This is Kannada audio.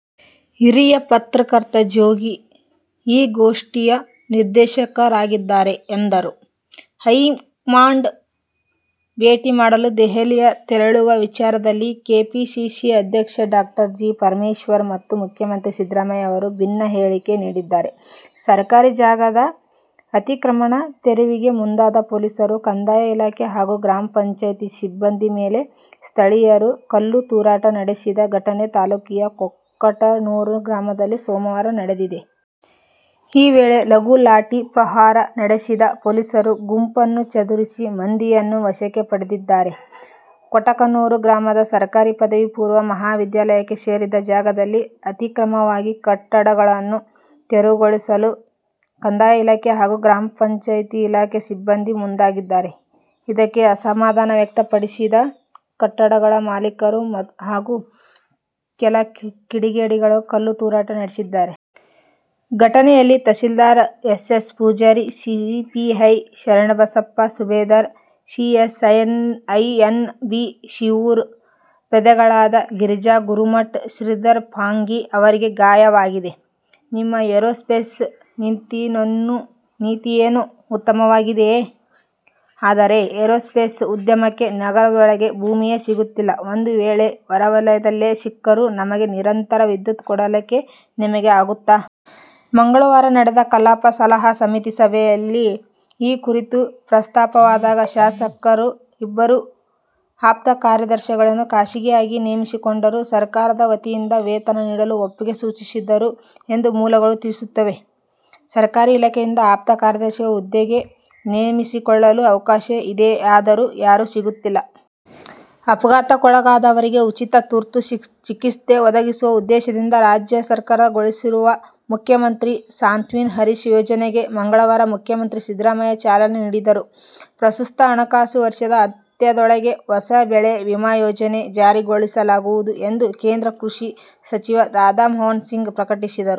ಹಿರಿಯ ಪತ್ರಕರ್ತ ಜೋಗಿ ಈ ಗೋಷ್ಠಿಯ ನಿರ್ದೇಶಕರಾಗಿದ್ದಾರೆ ಎಂದರು. ಹೈಕಮಾಂಡ್ ಭೇಟಿ ಮಾಡಲು ದೆಹಲಿಗೆ ತೆರಳುವ ವಿಚಾರದಲ್ಲಿ ಕೆಪಿಸಿಸಿ ಅಧ್ಯಕ್ಷ ಡಾ. ಜಿ. ಪರಮೇಶ್ವರ್ ಹಾಗೂ ಮುಖ್ಯಮಂತ್ರಿ ಸಿದ್ದರಾಮಯ್ಯ ಅವರು ಭಿನ್ನ ಹೇಳಿಕೆ ನೀಡಿದ್ದಾರೆ. ಸರ್ಕಾರಿ ಜಾಗದ ಅತಿಕ್ರಮಣ ತೆರವಿಗೆ ಮುಂದಾದ ಪೊಲೀಸರು, ಕಂದಾಯ ಇಲಾಖೆ ಹಾಗೂ ಗ್ರಾಪಂ ಸಿಬ್ಬಂದಿ ಮೇಲೆ ಸ್ಥಳೀಯರು ಕಲ್ಲು ತೂರಾಟ ನಡೆಸಿದ ಘಟನೆ ತಾಲೂಕಿನ ಕೊಕಟನೂರ ಗ್ರಾಮದಲ್ಲಿ ಸೋಮವಾರ ನಡೆದಿದೆ. ಈ ವೇಳೆ ಲಘು ಲಾಠಿ ಪ್ರಹಾರ ನಡೆಸಿದ ಪೊಲೀಸರು ಗುಂಪನ್ನು ಚದುರಿಸಿ, ಮಂದಿಯನ್ನು ವಶಕ್ಕೆ ಪಡೆದಿದ್ದಾರೆ. ಕೊಕಟನೂರು ಗ್ರಾಮದ ಸರ್ಕಾರಿ ಪದವಿ ಪೂರ್ವ ಮಹಾವಿದ್ಯಾಲಯಕ್ಕೆ ಸೇರಿದ ಜಾಗದಲ್ಲಿ ಅತಿಕ್ರಮಣವಾಗಿ ಕಟ್ಟಡಗಳನ್ನು ತೆರವುಗೊಳಿಸಲು ಕಂದಾಯ ಇಲಾಖೆ ಹಾಗೂ ಗ್ರಾಪಂ ಇಲಾಖೆ ಸಿಬ್ಬಂದಿ ಮುಂದಾಗಿದ್ದಾರೆ. ಇದಕ್ಕೆ ಅಸಮಾಧಾನ ವ್ಯಕ್ತಪಡಿಸಿದ ಕಟ್ಟಡಗಳ ಮಾಲೀಕರು ಹಾಗೂ ಕೆಲ ಕಿಡಿಗೇಡಿಗಳು ಕಲ್ಲು ತೂರಾಟ ನಡೆಸಿದ್ದಾರೆ. ಘಟನೆಯಲ್ಲಿ tahsildar S. S. Pujari, CPI Sharanabasappa ಸುಬೇದಾರ, ಪಿಎಸ್ಐ ಎನ್. ಬಿ. ಶಿವೂರ, ಪೇದೆಗಳಾದ ಗಿರಿಜಾ ಗುರುಮಠ, ಶ್ರೀಧರ ಪಾಂಗಿ ಅವರಿಗೆ ಗಾಯವಾಗಿದೆ. ನಿಮ್ಮ ಏರೋಸ್ಪೇಸ್ ನೀತಿಯೇನೋ ಉತ್ತಮವಾಗಿದೆ. ಆದರೆ, ಏರೋಸ್ಪೇಸ್ ಉದ್ಯಮಕ್ಕೆ ನಗರದೊಳಗೆ ಭೂಮಿಯೇ ಸಿಗುತ್ತಿಲ್ಲ. ಒಂದು ವೇಳೆ ಹೊರವಲಯದಲ್ಲೇ ಸಿಕ್ಕರೂ ನಮಗೆ ನಿರಂತರ ವಿದ್ಯುತ್ ಕೊಡಲಿಕ್ಕೆ ನಿಮಗೆ ಆಗುತ್ತಾ? ಮಂಗಳವಾರ ನಡೆದ ಕಲಾಪ ಸಲಹಾ ಸಮಿತಿ ಸಭೆಯಲ್ಲಿ ಈ ಕುರಿತು ಪ್ರಸ್ತಾಪವಾದಾಗ, ಶಾಸಕರು ಇಬ್ಬರು ಆಪ್ತ ಕಾರ್ಯದರ್ಶಿಗಳನ್ನು ಖಾಸಗಿಯಾಗಿ ನೇಮಿಸಿಕೊಂಡರೂ ಸರ್ಕಾರದ ವತಿಯಿಂದ ವೇತನ ನೀಡಲು ಒಪ್ಪಿಗೆ ಸೂಚಿಸಿದರು ಎಂದು ಮೂಲಗಳು ತಿಳಿಸಿವೆ. ಸರ್ಕಾರಿ ಇಲಾಖೆಯಿಂದ ಆಪ್ತ ಕಾರ್ಯದರ್ಶಿ ಹುದ್ದೆಗೆ ನೇಮಿಸಿಕೊಳ್ಳಲು ಅವಕಾಶ ಇದೆಯಾದರೂ ಯಾರೂ ಸಿಗುತ್ತಿಲ್ಲ. ಅಪಘಾತಕ್ಕೊಳಗಾದವರಿಗೆ ಉಚಿತ ತುರ್ತು ಚಿಕಿತ್ಸೆ ಒದಗಿಸುವ ಉದ್ದೇಶದಿಂದ ರಾಜ್ಯ ಸರ್ಕಾರ ಜಾರಿಗೊಳಿಸಿರುವ "ಮುಖ್ಯಮಂತ್ರಿ ಸಾಂತ್ವನ ಹರೀಶ್ ಯೋಜನೆಗೆ"ಗೆ ಮಂಗಳವಾರ ಮುಖ್ಯಮಂತ್ರಿ ಸಿದ್ದರಾಮಯ್ಯ ಚಾಲನೆ ನೀಡಿದರು. ಪ್ರಸ್ತುತ ಹಣಕಾಸು ವರ್ಷದ ಅಂತ್ಯದೊಳಗೆ ಹೊಸ ಬೆಳೆ ವಿಮಾ ಯೋಜನೆ ಜಾರಿಗೊಳಿಸಲಾಗುವುದು ಎಂದು ಕೇಂದ್ರ ಕೃಷಿ ಸಚಿವ ರಾಧಾಮೋಹನ್ ಸಿಂಗ್ ಪ್ರಕಟಿಸಿದರು.